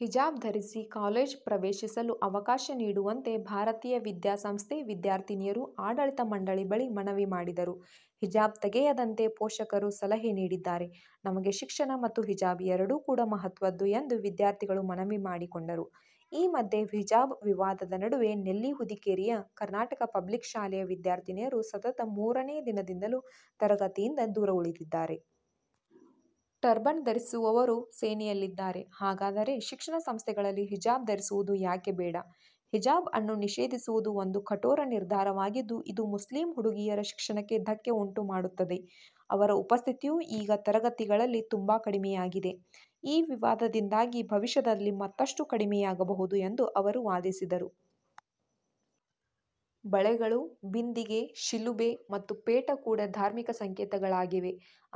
ಹಿಜಾಬ್ ಧರಿಸಿ ಕಾಲೇಜ್ ಪ್ರವೇಶಿಸಲು ಅವಕಾಶ ನೀಡುವಂತೆ ಭಾರತೀಯ ವಿದ್ಯಾಸಂಸ್ಥೆ ವಿದ್ಯಾರ್ಥಿನಿಯರು ಆಡಳಿತ ಮಂಡಳಿ ಬಳಿ ಮನವಿ ಮಾಡಿದರು. ಹಿಜಾಬ್ ತೆಗೆಯದಂತೆ ಪೋಷಕರು ಸಲಹೆ ನೀಡಿದ್ದಾರೆ. ನಮಗೆ ಶಿಕ್ಷಣ ಮತ್ತು ಹಿಜಾಬ್ ಎರಡು ಕೂಡಾ ಮಹತ್ವದ್ದು ಎಂದು ವಿದ್ಯಾರ್ಥಿಗಳು ಮನವಿ ಮಾಡಿಕೊಂಡರು. ಈ ಮಧ್ಯೆ ಹಿಜಾಬ್ ವಿವಾದದ ನಡುವೆ ನೆಲ್ಲಿಹುದಿಕೇರಿಯ ಕರ್ನಾಟಕ ಪಬ್ಲಿಕ್ ಶಾಲೆಯ ವಿದ್ಯಾರ್ಥಿನಿಯರು ಸತತ ಮೂರನೇ ದಿನದಿಂದಲೂ ತರಗತಿಯಿಂದ ದೂರ ಉಳಿದಿದ್ದಾರೆ. ಟರ್ಬನ್ ಧರಿಸುವವರು ಸೇನೆಯಲ್ಲಿದ್ದಾರೆ, ಹಾಗಾದರೆ ಶಿಕ್ಷಣ ಸಂಸ್ಥೆಗಳಲ್ಲಿ ಹಿಜಾಬ್ ಧರಿಸುವುದು ಯಾಕೆ ಬೇಡ? ಹಿಜಾಬ್ ಅನ್ನು ನಿಷೇಧಿಸುವುದು ಒಂದು ಕಠೋರ ನಿರ್ಧಾರವಾಗಿದ್ದು, ಇದು ಮುಸ್ಲಿಂ ಹುಡುಗಿಯರ ಶಿಕ್ಷಣಕ್ಕೆ ಧಕ್ಕೆ ಉಂಟು ಮಾಡುತ್ತದೆ. ಅವರ ಉಪಸ್ಥಿತಿಯು ಈಗ ತರಗತಿಗಳಲ್ಲಿ ತುಂಬಾ ಕಡಿಮೆಯಾಗಿದೆ. ಈ ವಿವಾದದಿಂದಾಗಿ ಭವಿಷ್ಯದಲ್ಲಿ ಮತ್ತಷ್ಟು ಕಡಿಮೆಯಾಗಬಹುದು ಎಂದು ಅವರು ವಾದಿಸಿದರು. ಬಳೆಗಳು, ಬಿಂದಿಗೆ, ಶಿಲುಬೆ ಮತ್ತು ಪೇಟ ಕೂಡ ಧಾರ್ಮಿಕ ಸಂಕೇತಗಳಾಗಿವೆ.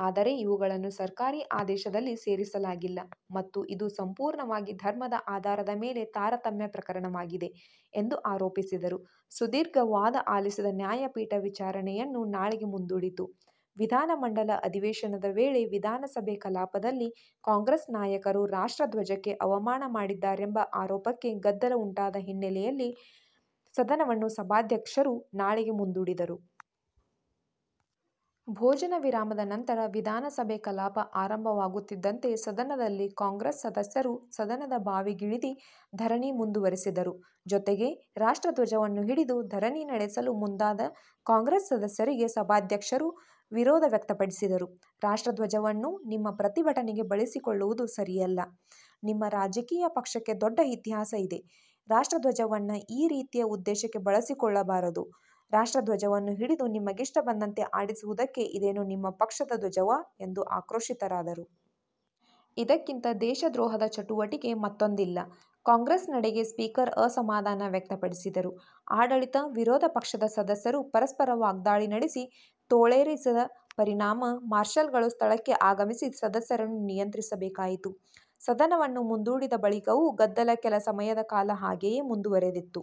ಆದರೆ ಇವುಗಳನ್ನು ಸರ್ಕಾರಿ ಆದೇಶದಲ್ಲಿ ಸೇರಿಸಲಾಗಿಲ್ಲ ಮತ್ತು ಇದು ಸಂಪೂರ್ಣವಾಗಿ ಧರ್ಮದ ಆಧಾರದ ಮೇಲೆ ತಾರತಮ್ಯ ಪ್ರಕರಣವಾಗಿದೆ ಎಂದು ಆರೋಪಿಸಿದರು. ಸುದೀರ್ಘ ವಾದ ಆಲಿಸಿದ ನ್ಯಾಯಪೀಠ ವಿಚಾರಣೆಯನ್ನು ನಾಳೆಗೆ ಮುಂದೂಡಿತು. ವಿಧಾನಮಂಡಲ ಅಧಿವೇಶನದ ವೇಳೆ ವಿಧಾನಸಭೆ ಕಲಾಪದಲ್ಲಿ ಕಾಂಗ್ರೆಸ್ ನಾಯಕರು ರಾಷ್ಟ್ರ ಧ್ವಜಕ್ಕೆ ಅವಮಾನ ಮಾಡಿದ್ದಾರೆಂಬ ಆರೋಪಕ್ಕೆ ಗದ್ದಲ ಉಂಟಾದ ಹಿನ್ನೆಲೆಯಲ್ಲಿ ಸದನವನ್ನು ಸಭಾಧ್ಯಕ್ಷರು ನಾಳೆಗೆ ಮುಂದೂಡಿದರು. ಭೋಜನ ವಿರಾಮದ ನಂತರ ವಿಧಾನಸಭೆ ಕಲಾಪ ಆರಂಭವಾಗುತ್ತಿದ್ದಂತೆ ಸದನದಲ್ಲಿ ಕಾಂಗ್ರೆಸ್ ಸದಸ್ಯರು ಸದನದ ಬಾವಿಗಿಳಿದಿ ಧರಣಿ ಮುಂದುವರೆಸಿದರು. ಜೊತೆಗೆ ರಾಷ್ಟ್ರಧ್ವಜವನ್ನ ಹಿಡಿದು ಧರಣಿನಡೆಸಲು ಮುಂದಾದ ಕಾಂಗ್ರೆಸ್ ಸದಸ್ಯರಿಗೆ ಸಭಾಧ್ಯಕ್ಷರು ವಿರೋಧ ವ್ಯಕ್ತಪಡಿಸಿದರು, ರಾಷ್ಟ್ರ ಧ್ವಜವನ್ನ ನಿಮ್ಮ ಪ್ರತಿಭಟನೆಗೆ ಬಳಸಿಕೊಳ್ಳುವುದು ಸರಿಯಲ್ಲ, ನಿಮ್ಮರಾಜಕೀಯ ಪಕ್ಷಕ್ಕೆ ದೊಡ್ಡ ಇತಿಹಾಸ ಇದೆ, ರಾಷ್ಟ್ರ ಧ್ವಜವನ್ನ ಈ ರೀತಿಯ ಉದ್ದೇಶಕ್ಕೆ ಬಳಸಿಕೊಳ್ಳಬಾರದು, ರಾಷ್ರ್ಟಧ್ವಜವನ್ನ ಹಿಡಿದು ನಿಮಗಿಷ್ಟಬಂದಂತೆ ಆಡಿಸುವುದಕ್ಕೆ ಇದೇನು ನಿಮ್ಮ ಪಕ್ಷದ ಧ್ವಜವಾ ಎಂದು ಆಕ್ರೋಶಿತರಾದರು. ಇದಕ್ಕಿಂತ ದೇಶದ್ರೋಹದ ಚಟುವಟಿಕೆ ಮತ್ತೊಂದಿಲ್ಲ ಕಾಂಗ್ರೆಸ್ ನಡೆಗೆ ಸ್ಪೀಕರ್ ಅಸಮಾಧಾನ ವ್ಯಕ್ತಪಡಿಸಿದರು. ಆಡಳಿತ-ವಿರೋಧ ಪಕ್ಷದ ಸದಸ್ಯರು ಪರಸ್ಪರ ವಾಗ್ದಾಳಿ ನಡೆಸಿ, ತೋಳೇರಿಸಿದ ಪರಿಣಾಮ ಮಾರ್ಷಲ್ ಗಳು ಸ್ಥಳಕ್ಕೆ ಆಗಮಿಸಿ ಸದಸ್ಯರನ್ನು ನಿಯಂತ್ರಿಸಬೇಕಾಯಿತು. ಸದನವನ್ನು ಮುಂದೂಡಿದ ಬಳಿಕವೂ ಗದ್ದಲ ಕೆಲ ಸಮಯದ ಕಾಲ ಹಾಗೆಯೇ ಮುಂದುವರೆದಿತ್ತು.